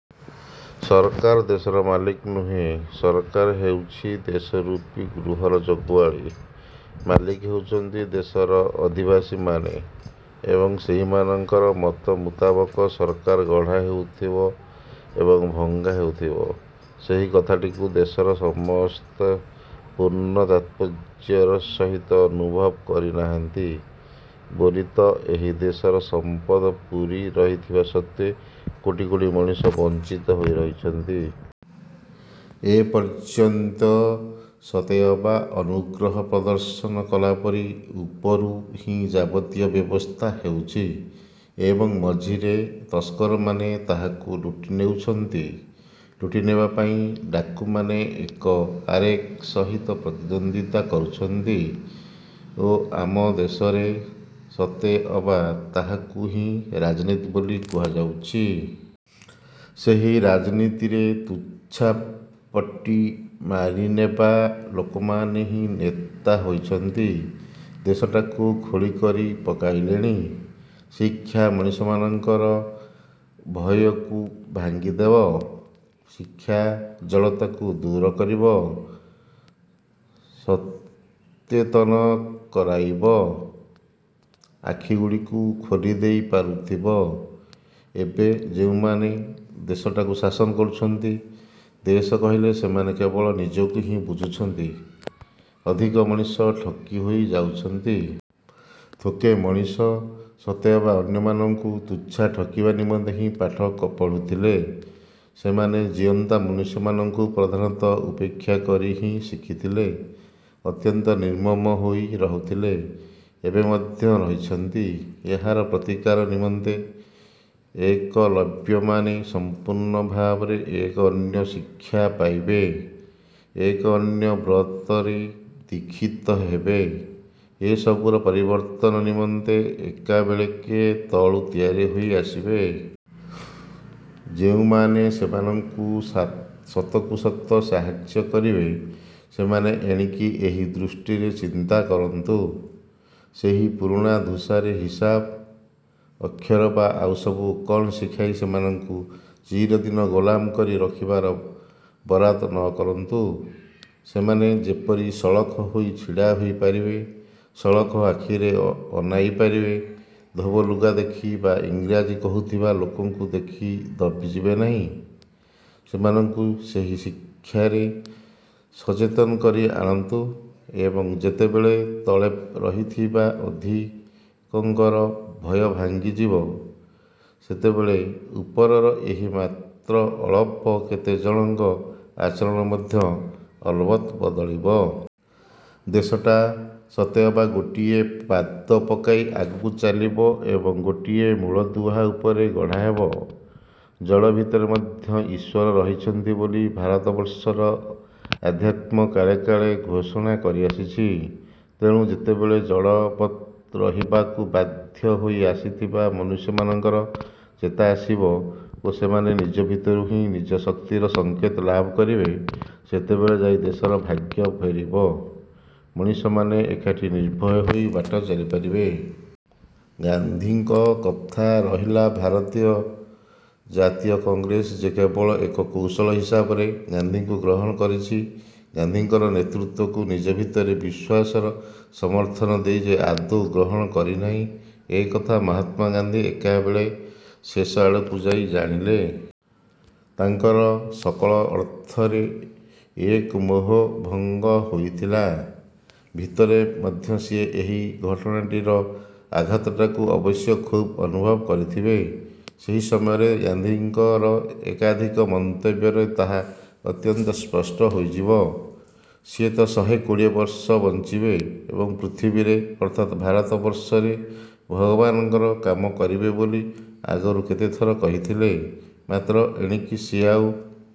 ସରକାର ଦେଶର ମାଲିକ ନୁହେଁ, ସରକାର ହେଉଛି ଦେଶରୂପୀ ଗୃହର ଜଗୁଆଳୀ, ମାଲିକ ହେଉଛନ୍ତି ଦେଶର ଅଧିବାସୀମାନେ ଏବଂ ସେହିମାନଙ୍କର ମତ ମୁତାବକ ସରକାର ଗଢ଼ା ହେଉଥିବ ଏବଂ ଭଙ୍ଗା ହେଉଥିବ। ସେହି କଥାଟିକୁ ଦେଶର ସମସ୍ତେ ପୂର୍ଣ୍ଣ ତାତ୍ପର୍ଯ୍ୟର ସହିତ ଅନୁଭବ କରିନାହାନ୍ତି ବୋଲି ତ ଏହି ଦେଶରେ ସମ୍ପଦ ପୂରି ରହିଥିବା ସତ୍ତ୍ୱେ କୋଟି କୋଟି ମଣିଷ ବଞ୍ଚିତ ହୋଇ ରହିଛନ୍ତି। ଏପର୍ଯ୍ୟନ୍ତ ସତେଅବା ଅନୁଗ୍ରହ ପ୍ରଦର୍ଶନ କଲାପରି ଉପରୁ ହିଁ ଯାବତୀୟ ବ୍ୟବସ୍ଥା ହେଉଛି ଏବଂ ମଝିରେ ତସ୍କରମାନେ ତାହାକୁ ଲୁଟି ନେଉଛନ୍ତି। ଲୁଟିନେବା ପାଇଁ ଡାକୁମାନେ ଏକ ଆରେକ ସହିତ ପ୍ରତିଦ୍ୱନ୍ଦିତା କରୁଛନ୍ତି ଓ ଆମ ଦେଶରେ ସତେଅବା ତାହାକୁ ହିଁ ରାଜନୀତି ବୋଲି କୁହାଯାଉଛି। ସେହି ରାଜନୀତିରେ ତୁଚ୍ଛା ପଟି ମାରିନେବା ଲୋକମାନେ ହିଁ ନେତା ହୋଇଛନ୍ତି। ଦେଶଟାକୁ ଖୋଳି କରି ପକାଇଲେଣି। ଶିକ୍ଷା ମଣିଷମାନଙ୍କର ଭୟକୁ ଭାଙ୍ଗିଦେବ, ଶିକ୍ଷା ଜଡ଼ତାକୁ ଦୂର କରିବ, ସତେତନ କରାଇବ, ଆଖିଗୁଡ଼ିକୁ ଖୋଲିଦେଇ ପାରୁଥିବ। ଏବେ ଯେଉଁମାନେ ଦେଶଟାକୁ ଶାସନ କରୁଛନ୍ତି, ଦେଶ କହିଲେ ସେମାନେ କେବଳ ନିଜକୁ ହିଁ ବୁଝୁଛନ୍ତି, ଅଧିକ ମଣିଷ ଠକି ହୋଇ ଯାଉଛନ୍ତି। ଥୋକେ ମଣିଷ ସତେଅବା ଅନ୍ୟମାନଙ୍କୁ ତୁଚ୍ଛା ଠକିବା ନିମନ୍ତେ ହିଁ ପାଠ ପଢୁଥିଲେ। ସେମାନେ ଜୀଅନ୍ତା ମନୁଷ୍ୟମାନଙ୍କୁ ପ୍ରଧାନତଃ ଉପେକ୍ଷା କରି ହିଁ ଶିଖିଥିଲେ। ଅତ୍ୟନ୍ତ ନିର୍ମମ ହୋଇ ରହୁଥଲେ, ଏବେ ମଧ୍ୟ ରହିଛନ୍ତି। ଏହାର ପ୍ରତିକାର ନିମନ୍ତେ ଏକଲବ୍ୟମାନେ ସମ୍ପୂର୍ଣ୍ଣ ଭାବରେ ଏକ ଅନ୍ୟ ଶିକ୍ଷା ପାଇବେ, ଏକ ଅନ୍ୟ ବ୍ରତରେ ଦୀକ୍ଷିତ ହେବେ, ଏସବୁର ପରିବର୍ତ୍ତନ ନିମନ୍ତେ ଏକାବେଳେକେ ତଳୁ ତିଆରି ହୋଇ ଆସିବେ। ଯେଉଁମାନେ ସେମାନଙ୍କୁ ସତକୁ ସତ ସାହାଯ୍ୟ କରିବେ, ସେମାନେ ଏଣିକି ଏହି ଦୃଷ୍ଟିରେ ଚିନ୍ତା କରନ୍ତୁ। ସେଇ ପୁରୁଣା ଧିସାରେ ହିସାବ, ଅକ୍ଷର ବା ଆଉସବୁ କଣ ଶିଖାଇ ସେମାନଙ୍କୁ ଚିରଦିନ ଗୋଲାମ କରି ରଖିବାରେ ବରାଦ ନକରନ୍ତୁ। ସେମାନେ ଯେପରି ସଳଖ ହୋଇ ଛିଡ଼ା ହୋଇ ପାରିବେ, ସଳଖ ଆଖିରେ ଅନାଇ ପାରିବେ, ଧୋବ ଲୁଗା ଦେଖି ବା ଇଂରାଜୀ କହୁଥିବା ଲୋକଙ୍କୁ ଦେଖି ଦବିଯିବେ ନାହିଁ, ସେମାନଙ୍କୁ ସେହି ଶିକ୍ଷାରେ ସଚେତନ କରି ଆଣନ୍ତୁ ଏବଂ ଯେତେବେଳେ ତଳେ ରହିଥିବା ଅଧିକଙ୍କର ଭୟ ଭାଙ୍ଗିଯିବ, ସେତେବେଳେ ଉପରର ଏହି ମାତ୍ର ଅଳପ କେତେଜଣଙ୍କର ଆଚରଣ ମଧ୍ୟ ଅଲବତ ବଦଳିବ। ଦେଶଟା ସତେଅବା ଗୋଟିଏ ପାଦ ପକାଇ ଆଗକୁ ଚାଲିବ ଏବଂ ଗୋଟିଏ ମୂଳଦୁଆ ଉପରେ ଗଢ଼ାହେବ। ଜଡ଼ ଭିତରେ ମଧ୍ୟ ଈଶ୍ୱର ରହିଛନ୍ତି ବୋଲି ଭାରତବର୍ଷର ଅଧ୍ୟାତ୍ମ କାଳେ କାଳେ ଘୋଷଣା କରିଆସିଛି। ତେଣୁ ଯେତେବେଳେ ଜଡ଼ବତ୍ ରହିବାକୁ ବାଧ୍ୟ ହୋଇ ଆସିଥିବା ମନୁଷ୍ୟମାନଙ୍କର ଚେତା ଆସିବ ଓ ସେମାନେ ନିଜ ଭିତରୁ ହିଁ ନିଜ ଶକ୍ତିର ସଙ୍କେତ ଲାଭ କରିବେ, ସେତେବେଳେ ଯାଇ ଦେଶର ଭାଗ୍ୟ ଫେରିବ, ମଣିଷମାନେ ଏକାଠି ନିର୍ଭୟ ହୋଇ ବାଟ ଚାଲିପାରିବେ। ଗାନ୍ଧୀଙ୍କ କଥା ରହିଲା ଭାରତୀୟ ଜାତୀୟ କଂଗ୍ରେସ ଯେ କେବଳ ଏକ କୌଶଳ ହିସାବରେ ଗାନ୍ଧୀଙ୍କୁ ଗ୍ରହଣ କରିଛି, ଗାନ୍ଧୀଙ୍କର ନେତୃତ୍ୱକୁ ନିଜ ଭିତର ବିଶ୍ୱାସର ସମର୍ଥନ ଦେଇ ଯେ ଆଦୌ ଗ୍ରହଣ କରିନାହିଁ, ଏକଥା ମହାତ୍ମା ଗାନ୍ଧୀ ଏକାବେଳେକେ ଶେଷ ଆଡ଼କୁ ଯାଇ ଜାଣିଲେ। ତାଙ୍କର ସକଳ ଅର୍ଥରେ ଏକ ମୋହଭଙ୍ଗ ହୋଇଥିଲା। ଭିତରେ ମଧ୍ୟ ସିଏ ଏହି ଘଟଣାଟିର ଆଘାତଟାକୁ ଅବଶ୍ୟ ଖୁବ୍ ଅନୁଭବ କରିଥିବେ। ସେହି ସମୟରେ ଗାନ୍ଧୀଙ୍କର ଏକାଧିକ ମନ୍ତବ୍ୟର ତାହା ଅତ୍ୟନ୍ତ ସ୍ପଷ୍ଟ ହୋଇଯିବ। ସିଏତ ଶହେ କୋଡ଼ିଏ ବର୍ଷ ବଞ୍ଚିବେ ଏବଂ ପୃଥିବୀରେ ଅର୍ଥାତ୍ ଭାରତବର୍ଷରେ ଭଗବାନଙ୍କର କାମ କରିବେ ବୋଲି ଆଗରୁ କେତେଥର କହିଥିଲେ। ମାତ୍ର ଏଣିକି ସିଏ ଆଉ